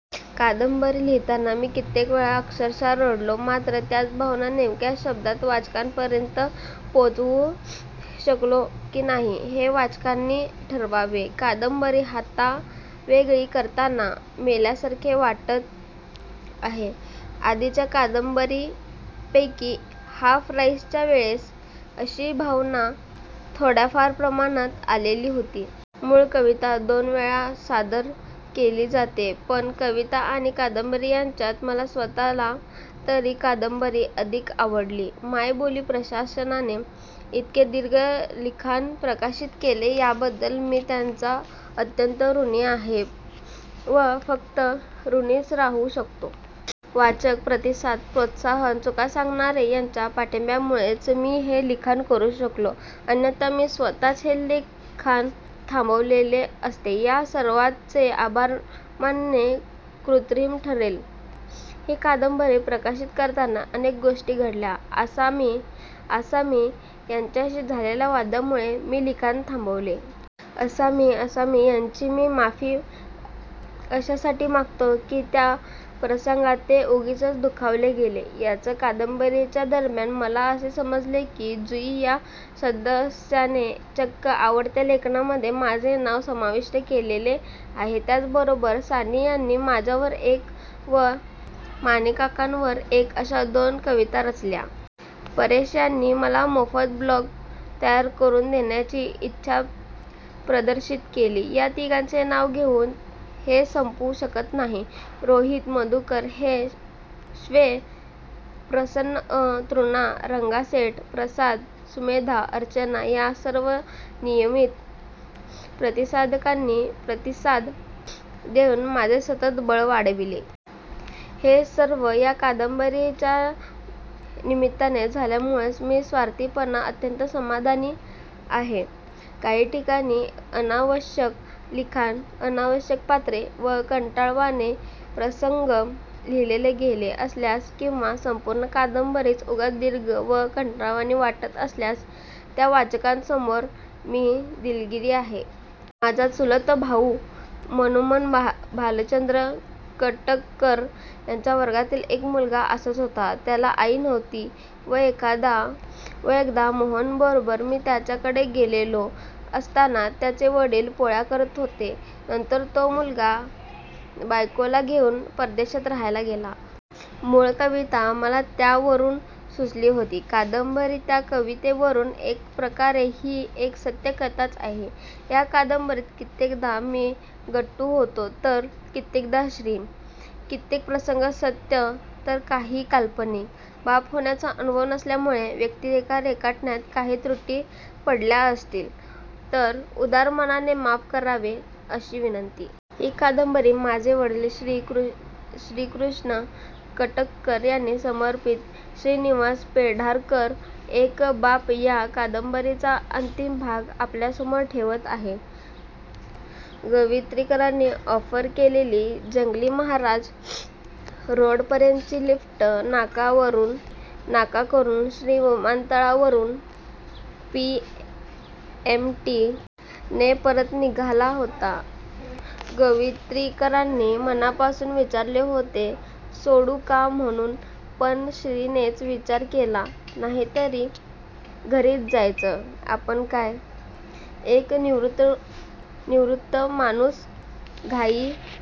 कादंबरी लिहीताना मी कित्येक वेळा अक्षरश रडलो. मात्र त्याच भावना नेमक्या शब्दात वाचकांपर्यंत पोहोचवू शकलो की नाही हे वाचकांनी ठरवावे. कादंबरी हातावेगळी करताना मेल्यासारखे वाटत आहे. आधीच्या कादंबर्यांपैकी हाफ राईसच्या वेळेस अशी भावना थोड्याफार प्रमाणात आलेली होती. मूळ कविता दोन वेळा सादर केली येथे! पण कविता आणि कादंबरी यांच्यात मला स्वतःला तरी कादंबरी अधिक आवडली. मायबोली प्रशासनाने इतके दीर्घ लिखाण प्रकाशित केले याबद्दल मी त्यांचा अत्यंत ऋणी आहे व फक्त ॠणीच राहू शकतो. वाचक, प्रतिसादक, प्रोत्साहक, चुका सांगणारे यांच्या पाठिंब्यामुळेच मी हे लिखाण करू शकलो. अन्यथा मी स्वतःच हे लिखाण थांबवलेले असते. या सर्वांचे आभार मानणे कृत्रिम ठरेल. ही कादंबरी प्रकाशित करताना अनेक गोष्टी घडल्या. असामी असामी यांच्याशी झलेल्या वादामुळे मी लिखाण थांबवले. असामी असामी यांची मी माफी अशासाठी मागतो की त्या प्रसंगात ते उगीचच दुखावले गेले. याच कादंबरीच्या दरम्यान मला असे समजले की जुयी या सदस्याने चक्क आवडत्या लेखकांमधे माझे नाव समाविष्ट केलेले आहे. त्याच बरोबर सानी यांनी माझ्यावर एक व मानेकाकांवर एक अशा दोन कविता रचल्या. परेश यांनी मला मोफत ब्लॉग तयार करून देण्याची इच्छा प्रदर्शित केली. या तिघांची नावे घेऊन हे संपू शकत नाही. रोहित, मधुकर, श्वे, प्रसन्न अ, तृष्णा, रंगासेठ, प्रसाद, सुमेधा, अर्चना या सर्व नियमीत प्रतिसादकांनी प्रतिसाद देऊन माझे सतत बळ वाढवले. हे सर्व या कादंबरीच्या निमित्ताने झाल्यामुळे मी स्वार्थीपणे अत्यंत समाधानी आहे. काही ठिकाणी अनावश्यक लिखाण, अनावश्यक पात्रे व कंटाळवाणे प्रसंग लिहिले गेले असल्यास किंवा संपूर्ण कादंबरीच उगाच दीर्घ व कंटाळवाणी वाटत असल्यास त्या वाचकांसमोर मी दिलगीर आहे. माझा चुलत भाऊ मनमोहन भालचंद्र कटककर याच्या वर्गातील एक मुलगा असाच होता. त्याला आई नव्हती व एकदा मोहनबरोबर मी त्याच्याकडे गेलेलो असताना त्याचे वडील पोळ्या करत होते. नंतर तो मुलगा बायकोला घेऊन परदेशात राहायला गेला. मुळ कविता मला त्यवरून सुचली होती. कादंबरी त्या कवितेवरून! एक प्रकारे ही एक सत्य कथाच आहे. या कादंबरीत कित्येकदा मी गट्टू होतो तर कित्येकदा श्री! कित्येक प्रसंग सत्य तर काही काल्पनिक! बाप होण्याचा अनुभव नसल्यामुळे व्यक्तीरेखा रेखाटण्यात काही त्रुटी पडल्या असतील तर उदार मनाने माफ करावेत अशी विनंती! ही कादंबरी माझे वडील श्री. श्रीकृष्ण कटककर यांना समर्पीत! श्रीनिवास पेंढारकर एक बाप या कादंबरीचा अंतीम भाग आपल्यासमोर ठेवत आहे. गोवित्रीकरांनी ऑफर केलेली जंगली महाराज रोडपर्यंतची लिफ्ट नाकारून श्री विमानतळावरून पी. एम. टी. ने परत निघाला होता. गोवित्रीकरांनी मनापासून विचारले होते सोडू का म्हणून पण श्रीनेच विचार केला. नाहीतरी घरीच जायचंय! आपण काय? एक निवृत्त माणूस! घाई